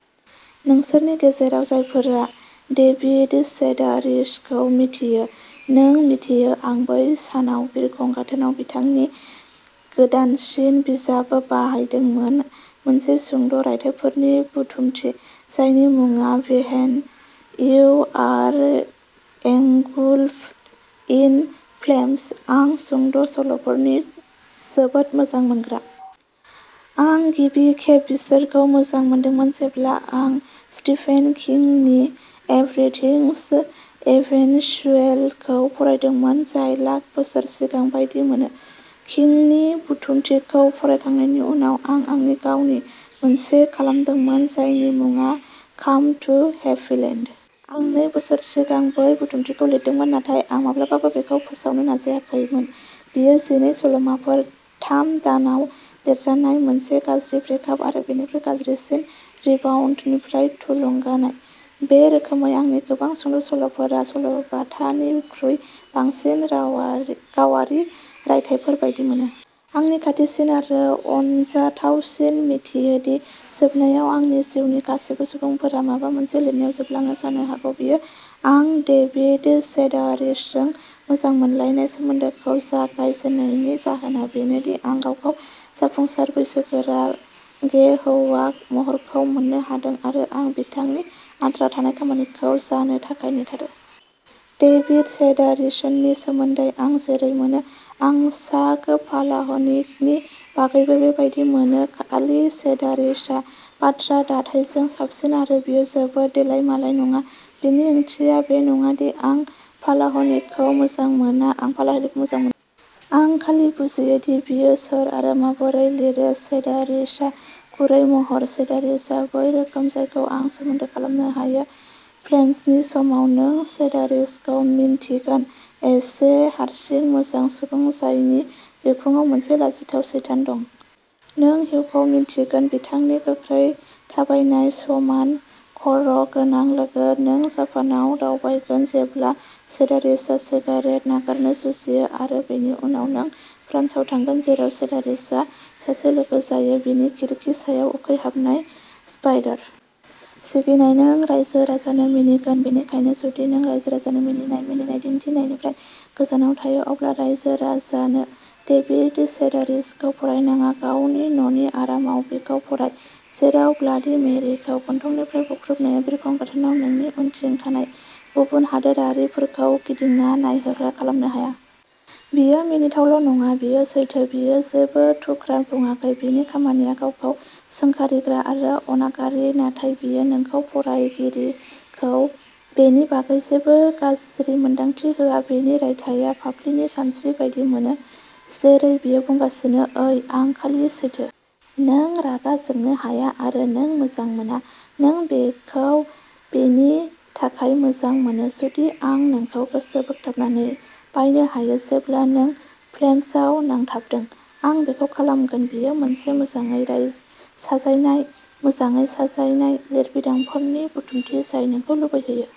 नोंसोरनि गेजेराव जायफोरा डेभिड सेडारिसखौ मिथियो, नों मिथियो आं बै सानाव बिरखं गाथोनाव बिथांनि गोदानसिन बिजाब बायदोंमोन मोनसे सुंद' रायथाइफोरनि बुथुमथि, जायनि मुङा when you are engulfed in flames. आं सुंद' सल'फोरनि जोबोद मोजां मोनग्रा। आं गिबि खेब बिसोरखौ मोजां मोनदोंमोन जेब्ला आं स्टिफेन किंनि एभरिथिंस इभेन्चुएलखौ फरायदोंमोन, जाय लाख बोसोर सिगां बायदि मोनो। किंनि बुथुमथिखौ फरायखांनायनि उनाव, आं आंनि गावनि मोनसे खालामदोंमोन, जायनि मुङा काम टु हेप्पीलेन्ड। आं नै बोसोर सिगां बै बुथुमथिखौ लिरदोंमोन, नाथाय आं माब्लाबाबो बेखौ फोसावनो नाजाखैमोन। बेयो जिनै सल'फोरमोन, थाम दानाव लिरजानाय, मोनसे गाज्रि ब्रेकआप आरो बेनिख्रुइबो गाज्रिसिन रिबाउन्डनिफ्राय थुलुंगानाय। बे रोखोमै, आंनि गोबां सुंद'सल'फोरा सल'बाथानिख्रुइ बांसिन रावारि गावारि रायथाइफोर बायदि मोनो। आंनि खाथिसिन आरो अनजाथावसिनआ मिथियो दि जोबनायाव, आंनि जिउनि गासैबो सुबुंफोरा माबा मोनसे लिरनायाव जोबलाङो। जानो हागौ बेयो। आं डेभिड सेडारिसजों मोजां मोनलायनाय सोमोन्दोखौ जागाय जेननायनि जाहोना बेनो दि आं गावखौ जाफुंसार, बैसोगोरा, गे हौवा महरखौ मोननो हादों, आरो आं बिथांनि आद्रा थानाय खामानिखौ जानो थाखाय नेथारो। डेभिड सेडारिसनि सोमोन्दै आं जेरै मोनो, आं चाक पालाहनिकनि बागैबो बेबायदि मोनो, खालि सेडारिसआ बाथ्रा दाथाइजों साबसिन आरो बियो जोबोद देलायमालाय नङा। बेनि ओंथिया बे नङा दि आं पालाहनिकखौ मोजां मोना। आं पालाहनिकखौ मोजां मोनो। आं खालि बुजियो दि बियो सोर आरो माबोरै लिरो। सेडारिसआ गुरै महर। सेडारिसआ बै रोखोम जायखौ आं सोमोन्दो खालामनो हायो। फ्लेम्सनि समाव, नों सेडारिसखौ मिन्थिगोन एसे हारसिं, मोजां सुबुं जायनि बिखुङाव मोनसे लाजिथाव सैतान दं। नों हिउखौ मिन्थिगोन, बिथांनि गोख्रै थाबायनाय, समान खर'गोनां लोगो। नों जापानआव दावबायगोन जेब्ला सेडारिसआ सिगारेट नागारनो जुजियो, आरो बेनि उनाव, नों फ्रान्सआव थांगोन, जेराव सेडारिसआ सासे लोगो जायो। बिनि खिरखि सायाव उखैहाबनाय स्पाइडार। सिगिनाय नों रायजो राजानो मिनिगोन, बेनिखायनो जुदि नों राइजो राजानो मिनिनाय मिनिनाय दिन्थिनायनिफ्राय गोजानाव थायो, अब्ला रायजो राजानो डेभिड सेडारिसखौ फरायनाङा। गावनि न'नि आरामाव बिखौ फराय, जेराव ब्लाडि मेरिखौ गन्थंनिफ्राय बुख्रुबनाया बिरखं गाथोनाव नोंनि उनथिं थानाय गुबुन हादोरारिफोरखौ गिदिंना नायहोग्रा खालामनो हाया। बियो मिनिथावल' नङा। बियो सैथो। बियो जेबो थुख्रा बुङाखै। बिनि खामानिया गावखौ सोंखारिग्रा आरो अनागारि, नाथाय बियो नोंखौ, फरायगिरिखौ, बेनि बागै जेबो गाज्रि मोन्दांथि होआ। बिनि रायथाइया फाफ्लिनि सिनस्रि बायदि मोनो। जेरै बियो बुंगासिनो, ओइ, आं खालि सैथो। नों रागा जोंनो हाया आरो नों मोजां मोना। नों बिखौ बेनि थाखाय मोजां मोनो। जुदि आं नोंखौ गोसो बोगथाबनानै बायनो हायो जेब्ला नों फ्लेम्सआव नांथाबदों, आं बेखौ खालामगोन। बेयो मोनसे मोजाङै साजायनाय, मोजाङै साजायनाय लिरबिदांफोरनि बुथुमथि जाय नोंखौ लुबैहोयो।